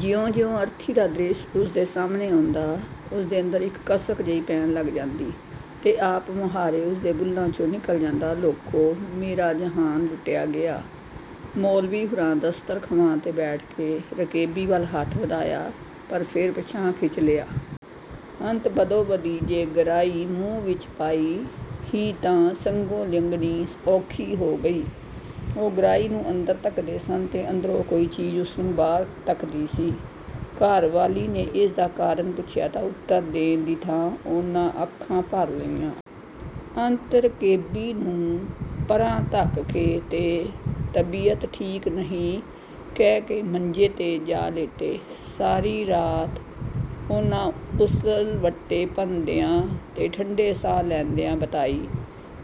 ਜਿਉਂ ਜਿਉਂ ਅਰਥੀ ਦਾ ਦ੍ਰਿਸ਼ ਉਸ ਦੇ ਸਾਹਮਣੇ ਆਉਂਦਾ ਉਸ ਦੇ ਅੰਦਰ ਇਕ ਕਸਕ ਜਹੀ ਪੈਣ ਲਗ ਜਾਂਦੀ ਤੇ ਆਪ ਮੁਹਾਰੇ ਉਸ ਦੇ ਬੁਲ੍ਹਾਂ ਚੋਂ ਨਿਕਲ ਜਾਂਦਾ, "ਲੋਕੋ! ਮੇਰਾ ਜਹਾਨ ਲੁੱਟਿਆ ਗਿਆ! " ਮੌਲਵੀ ਹੁਰਾਂ ਦਸਤਰ ਖਵਾਨ ਤੇ ਬੈਠ ਕੇ ਰਕੇਬੀ ਵਲ ਹੱਥ ਵਧਾਇਆ, ਪਰ ਫੇਰ ਪਿਛਾਂਹ ਖਿਚ ਲਿਆ। ਅੰਤ ਬਦੋ ਬਦੀ ਜੇ ਗਰਾਹੀ ਮੂੰਹ ਵਿਚ ਪਾਈ ਹੀ ਤਾਂ ਸੰਘੋ ਲੰਘਣੀ ਔਖੀ ਹੋ ਗਈ। ਉਹ ਗਰਾਹੀ ਨੂੰ ਅੰਦਰ ਧਕਦੇ ਸਨ ਤੇ ਅੰਦਰੋਂ ਕੋਈ ਚੀਜ਼ ਉਸ ਨੂੰ ਬਾਹਰ ਧੱਕਦੀ ਸੀ। ਘਰ ਵਾਲੀ ਨੇ ਇਸ ਦਾ ਕਾਰਨ ਪੁੱਛਿਆ ਤਾਂ ਉਤਰ ਦੇਣ ਦੀ ਥਾਂ ਉਨ੍ਹਾਂ ਅੱਖਾਂ ਭਰ ਲਈਆਂ। ਅੰਤ ਰਕੇਬੀ ਨੂੰ ਪਰ੍ਹਾਂ ਧੱਕ ਕੇ ਤੇ 'ਤਬੀਅਤ ਠੀਕ ਨਹੀਂ' ਕਹਿ ਕੇ ਮੰਜੇ ਤੇ ਜਾ ਲੇਟੇ। ਸਾਰੀ ਰਾਤ ਉਨ੍ਹਾਂ ਉਸੱਲਵੱਟੇ ਭੰਨਦਿਆਂ ਤੇ ਠੰਢੇ ਸਾਹ ਲੈਂਦਿਆਂ ਬਿਤਾਈ।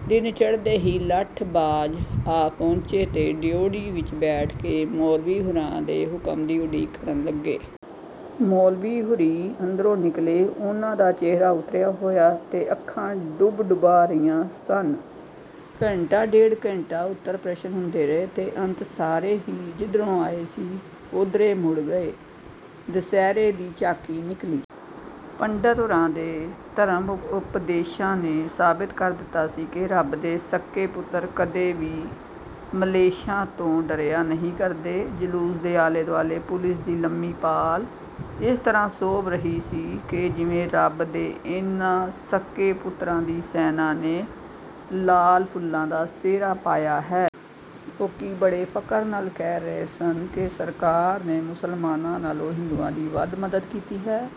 ਦਿਨ ਚੜ੍ਹਦੇ ਹੀ - ਲਠ ਬਾਜ਼ ਆ ਪਹੁੰਚੇ ਤੇ ਡਿਓਢੀ ਵਿਚ ਬੈਠ ਕੇ ਮੌਲਵੀ ਹੋਰਾਂ ਦੇ ਹੁਕਮ ਦੀ ਉਡੀਕ ਕਰਨ ਲੱਗੇ। ਮੌਲਵੀ ਹੋਰੀਂ ਅੰਦਰੋਂ ਨਿਕਲੇ। ਉਹਨਾਂ ਦਾ ਚਿਹਰਾ ਉਤਰਿਆ ਹੋਇਆ ਤੇ ਅੱਖਾਂ ਡੁਬਡੁਬਾ ਰਹੀਆਂ ਸਨ। ਘੰਟਾ ਡੇਢ ਘੰਟਾ ਉੱਤਰ ਪ੍ਰਸ਼ਨ ਹੁੰਦੇ ਰਹੇ ਤੇ ਅੰਤ ਸਾਰੇ ਹੀ, ਜਿਧਰੋਂ ਆਏ ਸੀ, ਉਧਰੇ ਮੁੜ ਗਏ। ਦੁਸਹਿਰੇ ਦੀ ਝਾਕੀ ਨਿਕਲੀ। ਪੰਡਤ ਹੋਰਾਂ ਦੇ ਧਰਮ ਉਪਦੇਸ਼ਾਂ ਨੇ ਸਾਬਤ ਕਰ ਦਿਤਾ ਸੀ ਕਿ ਰਬ ਦੇ ਸੱਕੇ ਪੁਤਰ ਕਦੇ ਵੀ ਮਲੇਛਾਂ ਤੋਂ ਡਰਿਆ ਨਹੀਂ ਕਰਦੇ। ਜਲੂਸ ਦੇ ਆਲੇ ਦੁਆਲੇ ਪੁਲੀਸ ਦੀ ਲੰਮੀ ਪਾਲ ਇਸ ਤਰ੍ਹਾਂ ਸੋਭ ਰਹੀ ਸੀ ਕਿ ਜਿਵੇਂ ਰੱਬ ਦੇ ਇਹਨਾਂ ਸੱਕੇ ਪੁੱਤਰਾਂ ਦੀ ਸੈਨਾ ਨੇ ਲਾਲ ਫੁਲਾਂ ਦਾ ਸਿਹਰਾ ਪਾਇਆ ਹੈ। ਲੋਕੀਂ ਬੜੇ ਫਕਰ ਨਾਲ ਕਹਿ ਰਹੇ ਸਨ ਕਿ ਸਰਕਾਰ ਨੇ ਮੁਸਲਮਾਨਾਂ ਨਾਲੋਂ ਹਿੰਦੂਆਂ ਦੀ ਵੱਧ ਮਦਦ ਕੀਤੀ ਹੈ।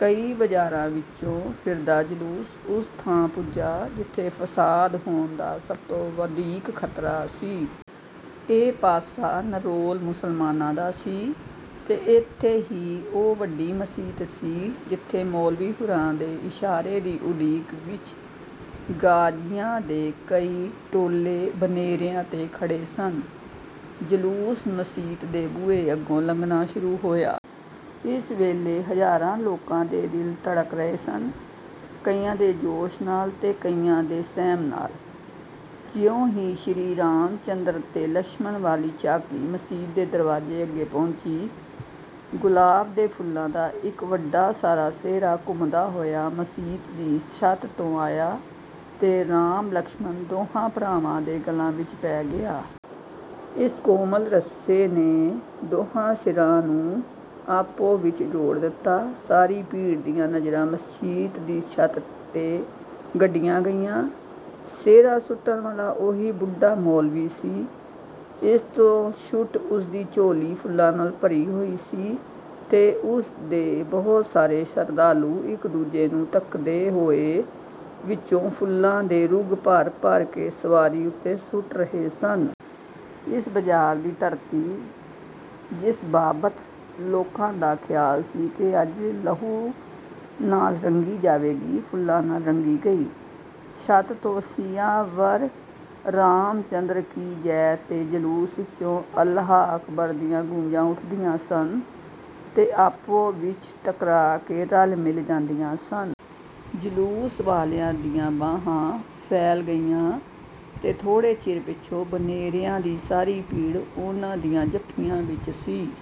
ਕਈ ਬਾਜ਼ਾਰਾਂ ਵਿਚੋਂ ਫਿਰਦਾ ਜਲੂਸ ਉਸ ਥਾਂ ਪੁੱਜਾ ਜਿਥੇ ਫ਼ਸਾਦ ਹੋਣ ਦਾ ਸਭ ਤੋਂ ਵਧੀਕ ਖ਼ਤਰਾ ਸੀ। ਇਹ ਪਾਸਾ ਨਿਰੋਲ ਮੁਸਲਮਾਨਾਂ ਦਾ ਸੀ ਤੇ ਇਥੇ ਹੀ ਉਹ ਵਡੀ ਮਸੀਤ ਸੀ ਜਿਥੇ ਮੌਲਵੀ ਹੋਰਾਂ ਦੇ ਇਸ਼ਾਰੇ ਦੀ ਉਡੀਕ ਵਿਚ ਗ਼ਾਜ਼ੀਆਂ ਦੇ ਕਈ ਟੋਲੇ ਬਨੇਰਿਆਂ ਤੇ ਖੜੇ ਸਨ। ਜਲੂਸ ਮਸੀਤ ਦੇ ਬੂਹੇ ਅੱਗੋਂ ਲੰਘਣਾ ਸ਼ੁਰੂ ਹੋਇਆ। ਇਸ ਵੇਲੇ ਹਜ਼ਾਰਾਂ ਲੋਕਾਂ ਦੇ ਦਿਲ ਧੜਕ ਰਹੇ ਸਨ-ਕਈਆਂ ਦੇ ਜੋਸ਼ ਨਾਲ ਤੇ ਕਈਆਂ ਦੇ ਸਹਿਮ ਨਾਲ। ਜਿਉਂ ਹੀ ਸ੍ਰੀ ਰਾਮ ਚੰਦਰ ਤੇ ਲਛਮਣ ਵਾਲੀ ਝਾਕੀ ਮਸੀਤ ਦੇ ਦਰਵਾਜ਼ੇ ਅੱਗੇ ਪਹੁੰਚੀ, ਗੁਲਾਬ ਦੇ ਫੁੱਲਾਂ ਦਾ ਇਕ ਵੱਡਾ ਸਾਰਾ ਸਿਹਰਾ ਘੁੰਮਦਾ ਹੋਇਆ ਮਸੀਤ ਦੀ ਛੱਤ ਤੋਂ ਆਇਆ ਤੇ ਰਾਮ ਲਛਮਣ, ਦੋਹਾਂ ਭਰਾਵਾਂ ਦੇ ਗਲਾਂ ਵਿਚ ਪੈ ਗਿਆ। ਇਸ ਕੋਮਲ ਰੱਸੇ ਨੇ ਦੁਹਾਂ ਸਿਰਾਂ ਨੂੰ ਆਪੋ ਵਿਚ ਜੋੜ ਦਿਤਾ। ਸਾਰੀ ਭੀੜ ਦੀਆਂ ਨਜ਼ਰਾਂ ਮਸੀਤ ਦੀ ਛੱਤ ਤੇ ਗੱਡੀਆਂ ਗਈਆਂ। ਸਿਹਰਾ ਸੁੱਟਣ ਵਾਲਾ ਉਹੀ ਬੁੱਢਾ ਮੌਲਵੀ ਸੀ। ਇਸ ਤੋਂ ਛੁੱਟ ਉਸਦੀ ਝੋਲੀ ਫੁੱਲਾਂ ਨਾਲ ਭਰੀ ਹੋਈ ਸੀ ਤੇ ਉਸ ਦੇ ਬਹੁਤ ਸਾਰੇ ਸ਼ਰਧਾਲੂ, ਇਕ ਦੂਜੇ ਨੂੰ ਧਕਦੇ ਹੋਏ, ਵਿਚੋਂ ਫੁੱਲਾਂ ਦੇ ਰੁਗ ਭਰ ਭਰ ਕੇ ਸਵਾਰੀ ਉਤੇ ਸੁਟ ਰਹੇ ਸਨ। ਇਸ ਬਾਜ਼ਾਰ ਦੀ ਧਰਤੀ, ਜਿਸ ਬਾਬਤ ਲੋਕਾਂ ਦਾ ਖਿਆਲ ਸੀ ਕਿ ਅੱਜ ਲਹੂ ਨਾਲ ਰੰਗੀ ਜਾਵੇਗੀ, ਫੁੱਲਾਂ ਨਾਲ ਰੰਗੀ ਗਈ। ਛਤ ਤੋਂ 'ਸੀਆ ਵਰ ਰਾਮ ਚੰਦਰ ਕੀ ਜੈ ਤੇ ਜਲੂਸ ਵਿਚੋਂ 'ਅੱਲਾਹ ਅਕਬਰ' ਦੀਆਂ ਗੂੰਜਾਂ ਉਠਦੀਆਂ ਸਨ ਤੇ ਆਪੋ ਵਿਚ ਟਕਰਾ ਕੇ ਰਲ ਮਿਲ ਜਾਂਦੀਆਂ ਸਨ। ਜਲੂਸ ਵਾਲਿਆਂ ਦੀਆਂ ਬਾਹਾਂ ਫੈਲ ਗਈਆਂ ਤੇ ਥੋੜੇ ਚਿਰ ਪਿਛੋਂ ਬਨੇਰਿਆਂ ਦੀ ਸਾਰੀ ਭੀੜ ਉਹਨਾਂ ਦੀਆਂ ਜੱਫੀਆਂ ਵਿਚ ਸੀ।